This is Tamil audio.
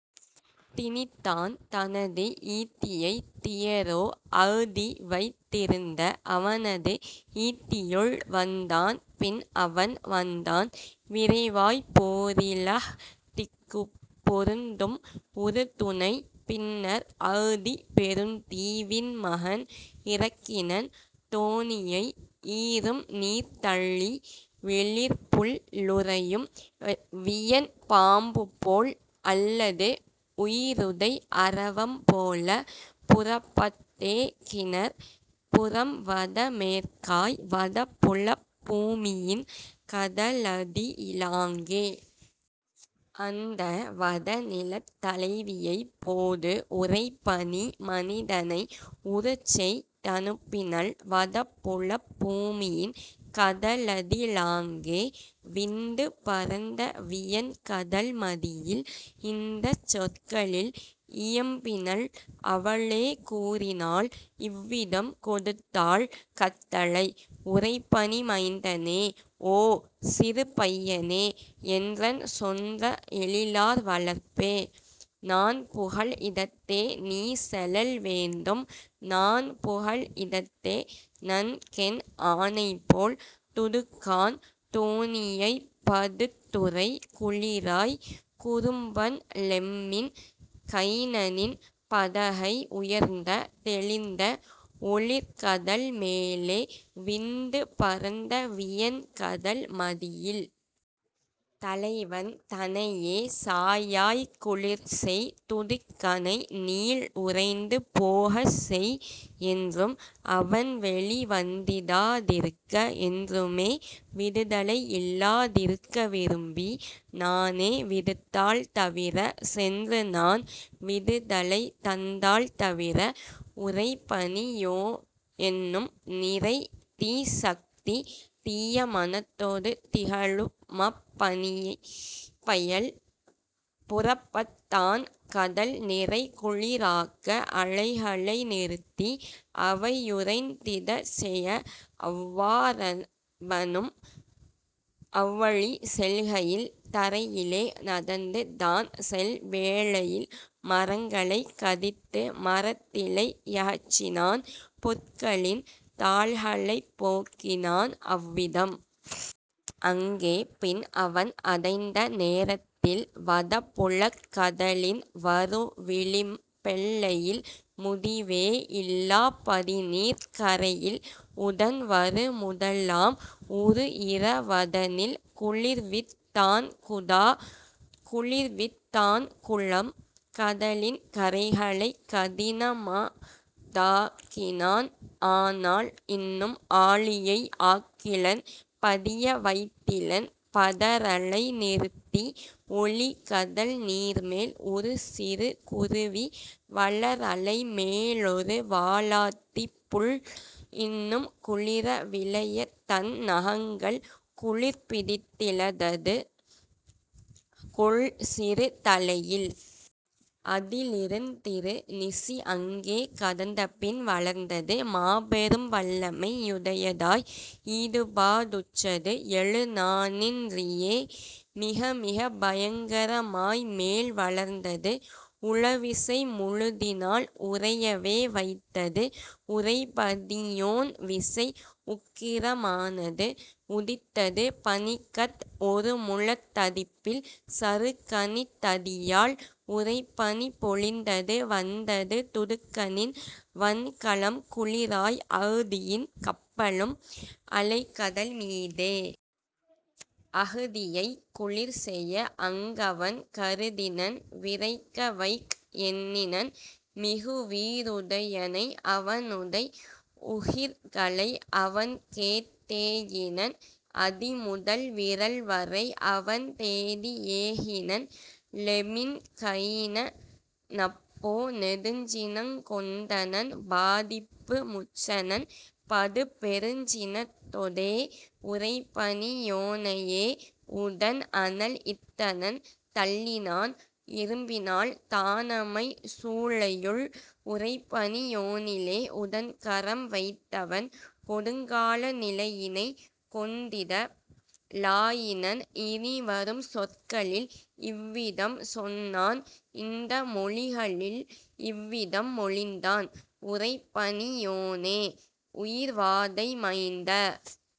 திணித்தான் தனது ஈட்டியைத் தியோரா அஹ்திவைத் திருந்த அவனது ஈட்டியுள் வந்தான் பின்அவன் வந்தான் விரைவாய் போரிலஹ் திக்குப் பொருந்தும் உறுதுணை பின்னர் அஹ்தி பெருந்தீ வின்மகன் இறக்கினன் தோணியை இரும்நீர்த் தள்ளி। வெளிர்புல் லுறையும் வியன் பாம்புபோல் அல்லது உயிருடை அரவம் போல புறப்பட் டேகினர் புறம்வட மேற்காய் வடபுலப் பூமியின் கடலதி லாங்கே. அந்த வடநிலத் தலைவியைப் போது உறைபனி மனிதனை உருச்செய் தனுப்பினள் வடபுலப் பூமியின் கடலதி லாங்கே விந்து பரந்த வியன்கடல் மடியில்; இந்தச் சொற்களில் இயம்பினள் அவளே கூறினாள் இவ்விதம் கொடுத்தாள் கட்டளை: "உறைபனி மைந்தனே ஓ, சிறு பையனே! என்றன் சொந்த எழிலார் வளர்ப்பே! நான்புகல் இடத்தே நீசெலல் வேண்டும் நான்புகல் இடத்தே நன்கென் ஆணைபோல்: துடுக்கான் தோணியைப் படுத்துறை குளிராய் குறும்பன் லெம்மின் கைனனின் படகை உயர்ந்த தெளிந்த ஒளிர்கடல் மேலே விந்து பரந்த வியன்கடல் மடியில்! தலைவன் தனையே சாயாய்க் குளிர்செய் துடுக்கனை நீல் உறைந்து போகச்செய் என்றும் அவன்வெளி வந்திடா திருக்க என்றுமே விடுதலை யில்லா திருக்க விரும்பி நானே விடுத்தால் தவிர சென்றுநான் விடுதலை தந்தால் தவிர! " உறைபனி யோன்எனும் நிறைதீச் சக்தி தீய மனத்தொடு திகழுமப் பனிப்பையல் புறப்பட் டான்கடல் நிறைகுளி ராக்க அலைகளை நிறுத்தி அவையுறைந் திடச்செய; அவ்வா றவனும் அவ்வழி செல்கையில் தரையிலே நடந்து தான்செல் வேளையில் மரங்களைக் கடித்து மரத்திலை யகற்றினான் புற்களின் தாள்களைப் போக்கினான் அவ்விதம். அங்கே பின்அவன் அடைந்தநே ரத்தில் வடபுலக் கடலின் வருவிளிம் பெல்லையில் முடிவே யில்லாப் படிநீர்க் கரையில் உடன்வரு முதலாம் உறுஇர வதனில் குளிர்வித் தான்குடா, குளிர்வித் தான்குளம், கடலின் கரைகளைக் கடினம தாக்கினான் ஆனால் இன்னும் ஆழியை ஆக்கிலன் படிய வைத்திலன் படரலை நிறுத்தி; ஒலிகடல் நீர்மேல் ஒருசிறு குருவி வளர்அலை மேலொரு வாலாட் டிப்புள் இன்னும் குளிர விலையதன் நகங்கள் குளிர்பிடித் திலதது கொள்சிறு தலையில். அதிலிருந் திருநிசி அங்கே கடந்தபின் வளர்ந்தது மாபெரும் வல்லமை யுடையதாய் ஈடுபா டுற்றது எழு நா ணின்றியே மிகமிகப் பயங்கர மாய்மேல் வளர்ந்தது உள விசை முழுதினால் உறையவே வைத்தது உறைபனி யோன்விசை உக்கிர மானது உதித்தது பனிக்கட் ஒருமுழத் தடிப்பில் சறுக்கணித் தடியாழ் உறைபனி பொழிந்தது வந்தது துடுக்கனின் வன்கலம் குளிராய் அஹ்தியின் கப்பலும் அலைகடல் மீதே. அஹ்தியைக் குளிர்செய அங்கவன் கருதினன் விறைக்கவைக் எண்ணினன் மிகுவீ றுடையனை அவனுடை உகிர்களை அவன்கேட் டேகினன் அடிமுதல் விரல்வரை அவன்தேடி யேகினன்; லெமின்கைன னப்போ நெடுஞ்சினங் கொண்டனன் பாதிப்பு முற்றனன் படுபெருஞ் சினத்தொடே உறைபனி யோனையே உடன்அனல் இட்டனன் தள்ளினான் இரும்பினால் தானமை சூளையுள். உறைபனி யோனிலே உடன்கரம் வைத்தவன் கொடுங்கால நிலையினை கொண்டிட லாயினன் இனிவரும் சொற்களில் இவ்விதம் சொன்னான் இந்த மொழிகளில் இவ்விதம் மொழிந்தான்: "உறைபனி யோனே, உயிர்வாடை மைந்த!